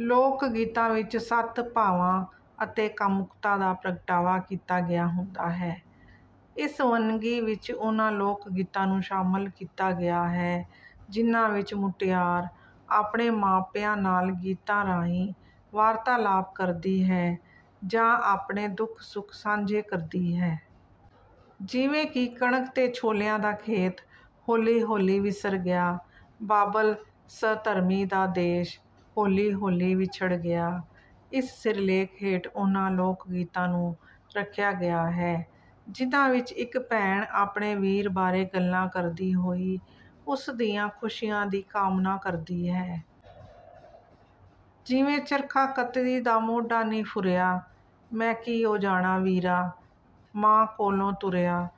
ਲੋਕ ਗੀਤਾਂ ਵਿੱਚ ਸੱਤ ਭਾਵਾਂ ਅਤੇ ਕਾਮੁਕਤਾ ਦਾ ਪ੍ਰਗਟਾਵਾ ਕੀਤਾ ਗਿਆ ਹੁੰਦਾ ਹੈ। ਇਸ ਵੰਨਗੀ ਵਿੱਚ ਉਹਨਾਂ ਲੋਕ ਗੀਤਾਂ ਨੂੰ ਸ਼ਾਮਲ ਕੀਤਾ ਗਿਆ ਹੈ, ਜਿਨ੍ਹਾਂ ਵਿੱਚ ਮੁਟਿਆਰ ਆਪਣੇ ਮਾਪਿਆਂ ਨਾਲ ਗੀਤਾਂ ਰਾਹੀਂ ਵਾਰਤਾਲਾਪ ਕਰਦੀ ਹੈ ਜਾਂ ਆਪਣੇ ਦੁੱਖ-ਸੁੱਖ ਸਾਂਝੇ ਕਰਦੀ ਹੈ। ਜਿਵੇਂ ਕਿ ਕਣਕ ਤੇ ਛੋਲਿਆਂ ਦਾ ਖੇਤ, ਹੌਲੀ-ਹੌਲੀ ਵਿਸਰ ਗਿਆ। ਬਾਬਲ ਸਧਰਮੀ ਦਾ ਦੇਸ਼, ਹੌਲੀ-ਹੌਲੀ ਵਿਛੜ ਗਿਆ। ਇਸ ਸਿਰਲੇਖ ਹੇਠ ਉਹਨਾਂ ਲੋਕ ਗੀਤਾਂ ਨੂੰ ਰੱਖਿਆ ਗਿਆ ਹੈ, ਜਿਨ੍ਹਾਂ ਵਿੱਚ ਇੱਕ ਭੈਣ ਆਪਣੇ ਵੀਰ ਬਾਰੇ ਗੱਲਾਂ ਕਰਦੀ ਹੋਈ ਉਸ ਦੀਆਂ ਖੁਸ਼ੀਆਂ ਦੀ ਕਾਮਨਾ ਕਰਦੀ ਹੈ। ਜਿਵੇਂ ਚਰਖਾ ਕੱਤਦੀ ਦਾ ਮੋਢਾ ਨੀ ਫੁਰਿਆ, ਮੈਂ ਕੀ ਓ ਜਾਣਾ ਵੀਰਾ, ਮਾਂ ਕੋਲੋਂ ਤੁਰਿਆ।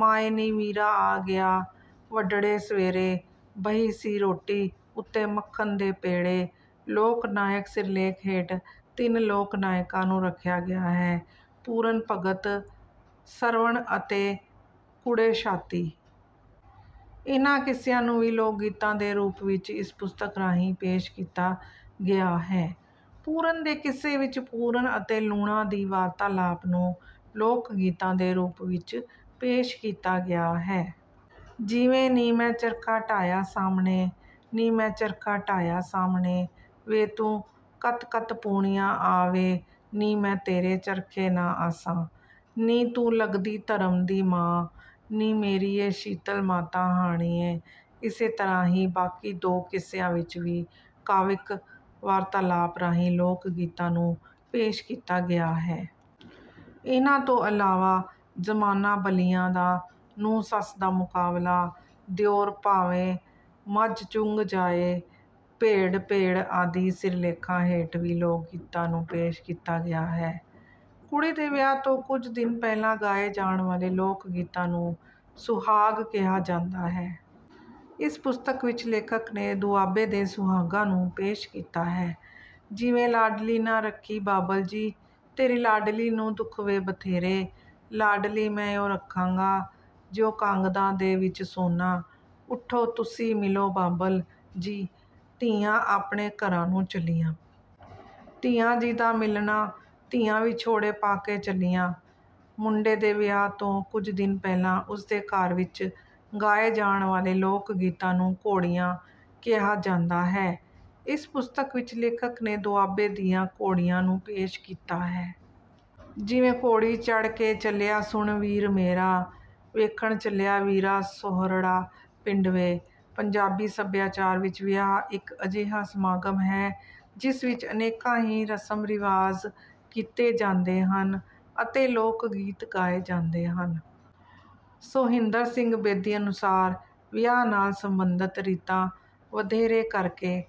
ਮਾਏ ਨੀ ਵੀਰਾ ਆ ਗਿਆ ਵੱਡੜੇ ਸਵੇਰੇ, ਬਹੀ ਸੀ ਰੋਟੀ ਉੱਤੇ ਮੱਖਣ ਦੇ ਪੇੜੇ। ਲੋਕ ਨਾਇਕ ਸਿਰਲੇਖ ਹੇਠ ਤਿੰਨ ਲੋਕ ਨਾਇਕਾਂ ਨੂੰ ਰੱਖਿਆ ਗਿਆ ਹੈ ਪੂਰਨ ਭਗਤ ,ਸਰਵਣ ਅਤੇ ਕੁੜੇ ਸਾਤੀ। ਇਹਨਾਂ ਕਿੱਸਿਆਂ ਨੂੰ ਵੀ ਲੋਕ ਗੀਤਾਂ ਦੇ ਰੂਪ ਵਿੱਚ ਇਸ ਪੁਸਤਕ ਰਾਹੀਂ ਪੇਸ਼ ਕੀਤਾ ਗਿਆ ਹੈ। ਪੂਰਨ ਦੇ ਕਿੱਸੇ ਵਿੱਚ ਪੂਰਨ ਅਤੇ ਲੂਣਾ ਦੀ ਵਾਰਤਾਲਾਪ ਨੂੰ ਲੋਕ ਗੀਤਾਂ ਦੇ ਰੂਪ ਵਿੱਚ ਪੇਸ਼ ਕੀਤਾ ਗਿਆ ਹੈ। ਜਿਵੇਂ ਨੀ ਮੈਂ ਚਰਖਾ ਢਾਹਿਆ ਸਾਹਮਣੇ, ਨੀ ਮੈਂ ਚਰਖਾ ਢਾਹਿਆ ਸਾਹਮਣੇ। ਵੇ ਤੂੰ ਕੱਤ-ਕੱਤ ਪੂਣੀਆਂ ਆ ਵੇ, ਨੀ ਮੈਂ ਤੇਰੇ ਚਰਖੇ ਨਾ ਆਸਾਂ। ਨੀ ਤੂੰ ਲੱਗਦੀ ਧਰਮ ਦੀ ਮਾਂ, ਨੀ ਮੇਰੀਏ ਸ਼ੀਤਲ ਮਾਤਾ ਹਾਣੀਏ ਇਸੇ ਤਰ੍ਹਾਂ ਹੀ ਬਾਕੀ ਦੋ ਕਿੱਸਿਆਂ ਵਿੱਚ ਵੀ ਕਾਵਿਕ ਵਾਰਤਾਲਾਪ ਰਾਹੀਂ ਲੋਕ ਗੀਤਾਂ ਨੂੰ ਪੇਸ਼ ਕੀਤਾ ਗਿਆ ਹੈ। ਇਹਨਾਂ ਤੋਂ ਇਲਾਵਾ ਜ਼ਮਾਨਾ ਬਲੀਆਂ ਦਾ, ਨੂੰਹ-ਸੱਸ ਦਾ ਮੁਕਾਬਲਾ, ਦਿਉਰ ਭਾਵੇਂ ਮੱਝ ਚੁੰਗ ਜਾਏ, ਭੇੜ-ਭੇੜ ਆਦਿ ਸਿਰਲੇਖਾਂ ਹੇਠ ਵੀ ਲੋਕ ਗੀਤਾਂ ਨੂੰ ਪੇਸ਼ ਕੀਤਾ ਗਿਆ ਹੈ। ਕੁੜੀ ਦੇ ਵਿਆਹ ਤੋਂ ਕੁਝ ਦਿਨ ਪਹਿਲਾਂ ਗਾਏ ਜਾਣ ਵਾਲੇ ਲੋਕ ਗੀਤਾਂ ਨੂੰ ਸੁਹਾਗ ਕਿਹਾ ਜਾਂਦਾ ਹੈ। ਇਸ ਪੁਸਤਕ ਵਿੱਚ ਲੇਖਕ ਨੇ ਦੁਆਬੇ ਦੇ ਸੁਹਾਗਾਂ ਨੂੰ ਪੇਸ਼ ਕੀਤਾ ਹੈ। ਜਿਵੇਂ ਲਾਡਲੀ ਨਾਂ ਰੱਖੀ ਬਾਬਲ ਜੀ, ਤੇਰੀ ਲਾਡਲੀ ਨੂੰ ਦੁੱਖ ਵੇ ਬਥੇਰੇ। ਲਾਡਲੀ ਮੈਂ ਇਉਂ ਰੱਖਾਂਗਾ, ਜਿਉਂ ਕਾਂਗਦਾ ਦੇ ਵਿੱਚ ਸੋਨਾ। ਉੱਠੋ ਤੁਸੀਂ ਮਿਲੋ ਬਾਬਲ ਜੀ, ਧੀਆਂ ਆਪਣੇ ਘਰਾਂ ਨੂੰ ਚੱਲੀਆਂ। ਧੀਆਂ ਜੀ ਦਾ ਮਿਲਣਾ, ਧੀਆਂ ਵਿਛੋੜੇ ਪਾ ਕੇ ਚੱਲੀਆਂ। ਮੁੰਡੇ ਦੇ ਵਿਆਹ ਤੋਂ ਕੁਝ ਦਿਨ ਪਹਿਲਾਂ ਉਸ ਦੇ ਘਰ ਵਿੱਚ ਗਾਏ ਜਾਣ ਵਾਲੇ ਲੋਕ ਗੀਤਾਂ ਨੂੰ ਘੋੜੀਆਂ ਕਿਹਾ ਜਾਂਦਾ ਹੈ। ਇਸ ਪੁਸਤਕ ਵਿੱਚ ਲੇਖਕ ਨੇ ਦੁਆਬੇ ਦੀਆਂ ਘੋੜੀਆਂ ਨੂੰ ਪੇਸ਼ ਕੀਤਾ ਹੈ। ਜਿਵੇਂ ਘੋੜੀ ਚੜ੍ਹ ਕੇ ਚੱਲਿਆ ਸੁਣ ਵੀਰ ਮੇਰਾ, ਵੇਖਣ ਚੱਲਿਆ ਵੀਰਾ ਸੌਹਰੜਾ ਪਿੰਡ ਵੇ। ਪੰਜਾਬੀ ਸੱਭਿਆਚਾਰ ਵਿੱਚ ਵਿਆਹ ਇੱਕ ਅਜਿਹਾ ਸਮਾਗਮ ਹੈ, ਜਿਸ ਵਿੱਚ ਅਨੇਕਾਂ ਹੀ ਰਸਮ-ਰਿਵਾਜ਼ ਕੀਤੇ ਜਾਂਦੇ ਹਨ ਅਤੇ ਲੋਕ ਗੀਤ ਗਾਏ ਜਾਂਦੇ ਹਨ। ਸੋਹਿੰਦਰ ਸਿੰਘ ਬੇਦੀ ਅਨੁਸਾਰ, ਵਿਆਹ ਨਾਲ ਸਬੰਧਤ ਰੀਤਾਂ ਵਧੇਰੇ ਕਰਕੇ…